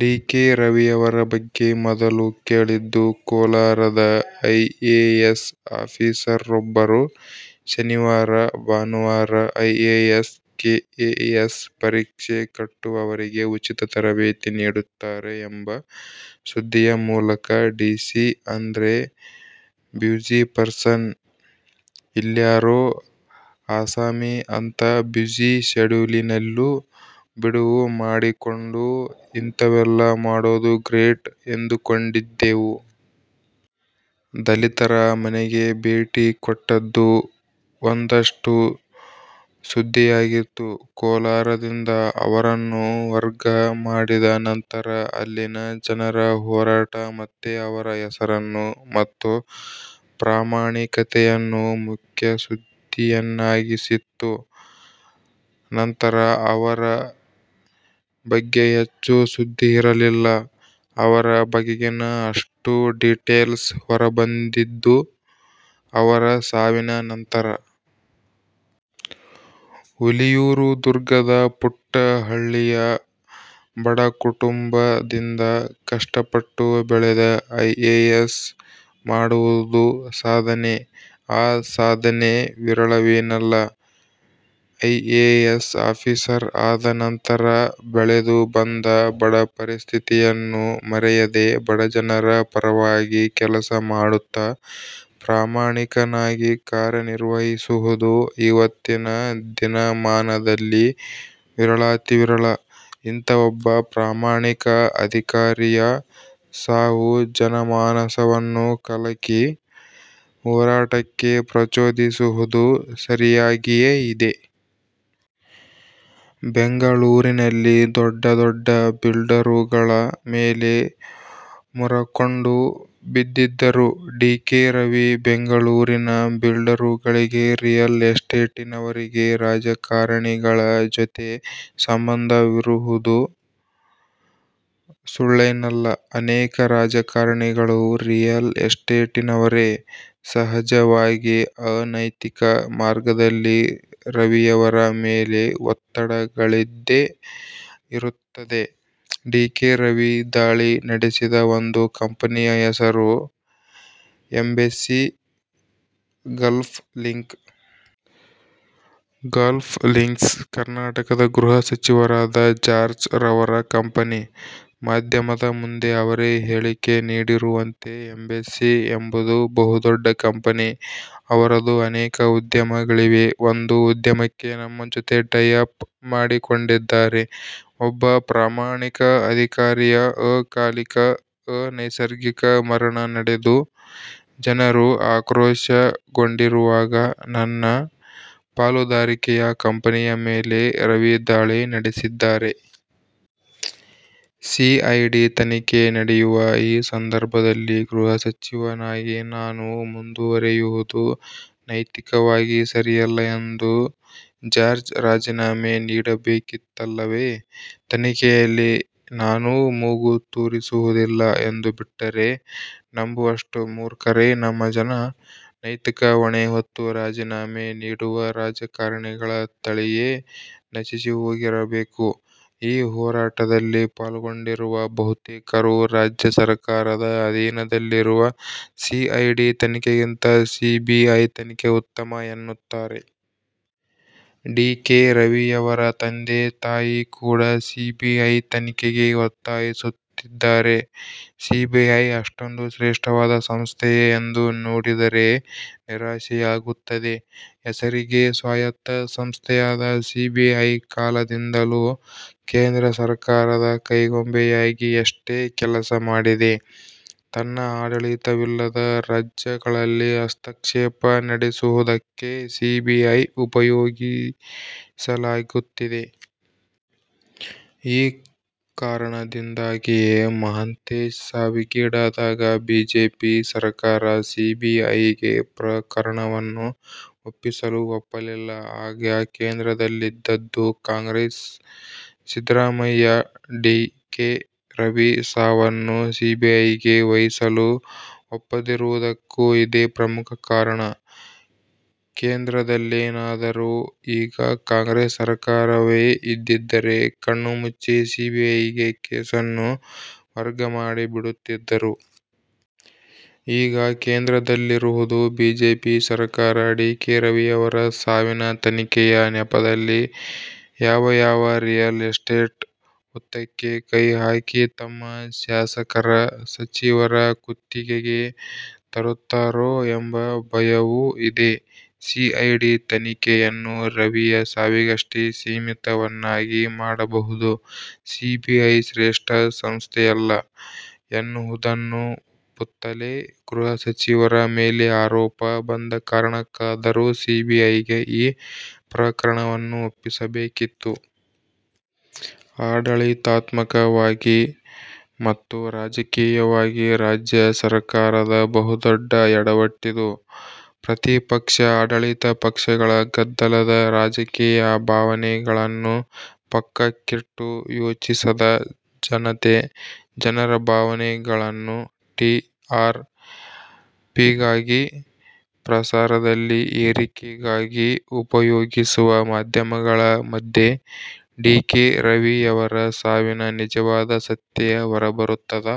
D. K. ರವಿಯವರ ಬಗ್ಗೆ ಮೊದಲು ಕೇಳಿದ್ದು ಕೋಲಾರದ ಐಎಎಸ್ ಆಫೀಸರ್ರೊಬ್ಬರು ಶನಿವಾರ ಭಾನುವಾರ ಐಎಎಸ್ ಕೆಎಎಸ್ ಪರೀಕ್ಷೆ ಕಟ್ಟುವವರಿಗೆ ಉಚಿತ ತರಬೇತಿ ನೀಡುತ್ತಾರೆ ಎಂಬ ಸುದ್ದಿಯ ಮೂಲಕ. ಡಿಸಿ ಅಂದ್ರೆ ಬ್ಯುಸಿ ಪರ್ಸನ್, ಇಲ್ಯಾರೋ ಆಸಾಮಿ ಅಂಥ ಬ್ಯುಸಿ ಶೆಡ್ಯೂಲಿನಲ್ಲೂ ಬಿಡುವು ಮಾಡಿಕೊಂಡು ಇಂತವೆಲ್ಲ ಮಾಡೋದು ಗ್ರೇಟ್ ಎಂದುಕೊಂಡಿದ್ದೆವು. ದಲಿತರ ಮನೆಗೆ ಭೇಟಿ ಕೊಟ್ಟದ್ದು ಒಂದಷ್ಟು ಸುದ್ದಿಯಾಗಿತ್ತು. ಕೋಲಾರದಿಂದ ಅವರನ್ನು ವರ್ಗ ಮಾಡಿದ ನಂತರ ಅಲ್ಲಿನ ಜನರ ಹೋರಾಟ ಮತ್ತೆ ಅವರ ಹೆಸರನ್ನು ಮತ್ತು ಪ್ರಾಮಾಣಿಕತೆಯನ್ನು ಮುಖ್ಯಸುದ್ದಿಯನ್ನಾಗಿಸಿತ್ತು. ನಂತರ ಅವರ ಬಗ್ಗೆ ಹೆಚ್ಚು ಸುದ್ದಿಯಿರಲಿಲ್ಲ. ಅವರ ಬಗೆಗಿನ ಅಷ್ಟೂ ಡೀಟೇಲ್ಸ್ ಹೊರಬಂದಿದ್ದು ಅವರ ಸಾವಿನ ನಂತರ. ಹುಲಿಯೂರುದುರ್ಗದ ಪುಟ್ಟ ಹಳ್ಳಿಯ ಬಡಕುಟುಂಬದಿಂದ ಕಷ್ಟಪಟ್ಟು ಬೆಳೆದು ಐಎಎಸ್ ಮಾಡುವುದು ಸಾಧನೆ, ಆ ಸಾಧನೆ ವಿರಳವೇನಲ್ಲ. ಐಎಎಸ್ ಆಫೀಸರ್ ಆದ ನಂತರ ಬೆಳೆದು ಬಂದ ಬಡಪರಿಸ್ಥಿತಿಯನ್ನು ಮರೆಯದೆ ಬಡಜನರ ಪರವಾಗಿ ಕೆಲಸ ಮಾಡುತ್ತ ಪ್ರಾಮಾಣಿಕನಾಗಿ ಕಾರ್ಯನಿರ್ವಹಿಸುವುದು ಇವತ್ತಿನ ದಿನಮಾನದಲ್ಲಿ ವಿರಳಾತಿ ವಿರಳ. ಇಂಥ ಒಬ್ಬ ಪ್ರಾಮಾಣಿಕ ಅಧಿಕಾರಿಯ ಸಾವು ಜನಮಾನಸವನ್ನು ಕಲಕಿ ಹೋರಾಟಕ್ಕೆ ಪ್ರಚೋದಿಸಿರುವುದು ಸರಿಯಾಗಿಯೇ ಇದೆ. ಬೆಂಗಳೂರಿನಲ್ಲಿ ದೊಡ್ಡ ದೊಡ್ಡ ಬಿಲ್ಡರುಗಳ ಮೇಲೆ ಮುರಕೊಂಡು ಬಿದ್ದಿದ್ದರು ಡಿ. ಕೆ. ರವಿ. ಬೆಂಗಳೂರಿನ ಬಿಲ್ಡರುಗಳಿಗೆ, ರಿಯಲ್ ಎಸ್ಟೇಟಿನವರಿಗೆ ರಾಜಕಾರಣಿಗಳ ಜೊತೆ ಸಂಬಂಧವಿರುವುದು ಸುಳ್ಳೇನಲ್ಲ. ಅನೇಕ ರಾಜಕಾರಣಿಗಳೂ ರಿಯಲ್ ಎಸ್ಟೇಟಿನವರೇ. ಸಹಜವಾಗಿ ಅನೈತಿಕ ಮಾರ್ಗದಲ್ಲಿ ರವಿಯವರ ಮೇಲೆ ಒತ್ತಡಗಳಿದ್ದೇ ಇರುತ್ತದೆ. ಡಿ. ಕೆ. ರವಿ ದಾಳಿ ನಡೆಸಿದ ಒಂದು ಕಂಪನಿಯ ಹೆಸರು Embassy Gulf Link. Gulf Links ಕರ್ನಾಟಕದ ಗೃಹಸಚಿವರಾದ ಜಾರ್ಜ್ ರವರ ಕಂಪನಿ. ಮಾಧ್ಯಮದ ಮುಂದೆ ಅವರೇ ಹೇಳಿಕೆ ನೀಡಿರುವಂತೆ 'ಎಂಬೆಸ್ಸಿ ಎಂಬುದು ಬಹುದೊಡ್ಡ ಕಂಪನಿ. ಅವರದು ಅನೇಕ ಉದ್ಯಮಗಳಿವೆ. ಒಂದು ಉದ್ಯಮಕ್ಕೆ ನಮ್ಮ ಜೊತೆ ಟೈಅಪ್ ಮಾಡಿಕೊಂಡಿದ್ದಾರೆ'. ಒಬ್ಬ ಪ್ರಾಮಾಣಿಕ ಅಧಿಕಾರಿಯ ಅಕಾಲಿಕ ಅನೈಸರ್ಗಿಕ ಮರಣ ನಡೆದು ಜನರು ಆಕ್ರೋಶಗೊಂಡಿರುವಾಗ 'ನನ್ನ ಪಾಲುದಾರಿಕೆಯ ಕಂಪನಿಯ ಮೇಲೆ ರವಿ ದಾಳಿ ನಡೆಸಿದ್ದಾರೆ. ಸಿಐಡಿ ತನಿಖೆ ನಡೆಯುವ ಈ ಸಂದರ್ಭದಲ್ಲಿ ಗೃಹಸಚಿವನಾಗಿ ನಾನು ಮುಂದುವರೆಯುವುದು ನೈತಿಕವಾಗಿ ಸರಿಯಲ್ಲ' ಎಂದು ಜಾರ್ಜ್ ರಾಜೀನಾಮೆ ನೀಡಬೇಕಿತ್ತಲ್ಲವೇ? ತನಿಖೆಯಲ್ಲಿ ನಾನು ಮೂಗು ತೂರಿಸುವುದಿಲ್ಲ ಎಂದುಬಿಟ್ಟರೆ ನಂಬುವಷ್ಟು ಮೂರ್ಖರೇ ನಮ್ಮ ಜನ. ನೈತಿಕ ಹೊಣೆ ಹೊತ್ತು ರಾಜೀನಾಮೆ ನೀಡುವ ರಾಜಕಾರಣಿಗಳ ತಳಿಯೇ ನಶಿಸಿಹೋಗಿರಬೇಕು. ಈ ಹೋರಾಟದಲ್ಲಿ ಪಾಲ್ಗೊಂಡಿರುವ ಬಹುತೇಕರು ರಾಜ್ಯ ಸರಕಾರದ ಅಧೀನದಲ್ಲಿರುವ ಸಿಐಡಿ ತನಿಖೆಗಿಂತ ಸಿಬಿಐ ತನಿಖೆ ಉತ್ತಮ ಎನ್ನುತ್ತಾರೆ. ಡಿ. ಕೆ. ರವಿಯವರ ತಂದೆ ತಾಯಿ ಕೂಡ ಸಿಬಿಐ ತನಿಖೆಗೆ ಒತ್ತಾಯಿಸುತ್ತಿದ್ದಾರೆ. ಸಿಬಿಐ ಅಷ್ಟೊಂದು ಶ್ರೇಷ್ಟವಾದ ಸಂಸ್ಥೆಯೇ ಎಂದು ನೋಡಿದರೆ ನಿರಾಶೆಯಾಗುತ್ತದೆ. ಹೆಸರಿಗೆ ಸ್ವಾಯತ್ತ ಸಂಸ್ಥೆಯಾದ ಸಿಬಿಐ ಕಾಲದಿಂದಲೂ ಕೇಂದ್ರ ಸರಕಾರದ ಕೈಗೊಂಬೆಯಾಗಿಯಷ್ಟೇ ಕೆಲಸ ಮಾಡಿದೆ. ತನ್ನ ಆಡಳಿತವಿಲ್ಲದ ರಾಜ್ಯಗಳಲ್ಲಿ ಹಸ್ತಕ್ಷೇಪ ನಡೆಸುವುದಕ್ಕೆ ಸಿಬಿಐ ಉಪಯೋಗಿಸಲಾಗುತ್ತಿದೆ. ಈ ಕಾರಣದಿಂದಾಗಿಯೇ ಮಹಂತೇಶ್ ಸಾವಿಗೀಡಾದಾಗ ಬಿಜೆಪಿ ಸರಕಾರ ಸಿಬಿಐಗೆ ಪ್ರಕರಣವನ್ನು ಒಪ್ಪಿಸಲು ಒಪ್ಪಲಿಲ್ಲ. ಆಗ ಕೇಂದ್ರದಲ್ಲಿದ್ದಿದ್ದು ಕಾಂಗ್ರೆಸ್! ಸಿದ್ಧರಾಮಯ್ಯ ಡಿ. ಕೆ. ರವಿಯ ಸಾವನ್ನು ಸಿಬಿಐಗೆ ವಹಿಸಲು ಒಪ್ಪದಿರುವುದಕ್ಕೂ ಇದೇ ಪ್ರಮುಖ ಕಾರಣ. ಕೇಂದ್ರದಲ್ಲೇನಾದರೂ ಈಗ ಕಾಂಗ್ರೆಸ್ ಸರಕಾರವೇ ಇದ್ದಿದ್ದರೆ ಕಣ್ಣುಮುಚ್ಚಿ ಸಿಬಿಐಗೆ ಕೇಸನ್ನು ವರ್ಗ ಮಾಡಿಬಿಡುತ್ತಿದ್ದರು. ಈಗ ಕೇಂದ್ರದಲ್ಲಿರುವುದು ಬಿಜೆಪಿ ಸರಕಾರ. ಡಿ. ಕೆ. ರವಿಯವರ ಸಾವಿನ ತನಿಖೆಯ ನೆಪದಲ್ಲಿ ಯಾವ ಯಾವ ರಿಯಲ್ ಎಸ್ಟೇಟ್ ಹುತ್ತಕ್ಕೆ ಕೈ ಹಾಕಿ ತಮ್ಮ ಶಾಸಕರ, ಸಚಿವರ ಕುತ್ತಿಗೆಗೆ ತರುತ್ತಾರೋ ಎಂಬ ಭಯವೂ ಇದೆ. ಸಿಐಡಿ ತನಿಖೆಯನ್ನು ರವಿಯ ಸಾವಿಗಷ್ಟೇ ಸೀಮಿತವನ್ನಾಗಿ ಮಾಡಬಹುದು. ಸಿಬಿಐ ಶ್ರೇಷ್ಟ ಸಂಸ್ಥೆಯಲ್ಲ ಎನ್ನುವುದುನ್ನು ಒಪ್ಪುತ್ತಲೇ ಗೃಹಸಚಿವರ ಮೇಲೆ ಆರೋಪ ಬಂದ ಕಾರಣಕ್ಕಾದರೂ ಸಿಬಿಐಗೆ ಈ ಪ್ರಕರಣವನ್ನು ಒಪ್ಪಿಸಬೇಕಿತ್ತು. ಆಡಳಿತಾತ್ಮಕವಾಗಿ ಮತ್ತು ರಾಜಕೀಯವಾಗಿ ರಾಜ್ಯ ಸರಕಾರದ ಬಹುದೊಡ್ಡ ಎಡವಟ್ಟಿದು. ಪ್ರತಿಪಕ್ಷ – ಆಡಳಿತ ಪಕ್ಷಗಳ ಗದ್ದಲದ ರಾಜಕೀಯ, ಭಾವನೆಗಳನ್ನು ಪಕ್ಕಕ್ಕಿಟ್ಟು ಯೋಚಿಸದ ಜನತೆ, ಜನರ ಭಾವನೆಗಳನ್ನು ಟಿ. ಆರ್. ಪಿಗಾಗಿ, ಪ್ರಸಾರದಲ್ಲಿ ಏರಿಕೆಗಾಗಿ ಉಪಯೋಗಿಸುವ ಮಾಧ್ಯಮಗಳ ಮಧ್ಯೆ ಡಿ. ಕೆ. ರವಿಯವರ ಸಾವಿನ ನಿಜವಾದ ಸತ್ಯ ಹೊರಬರುತ್ತದಾ?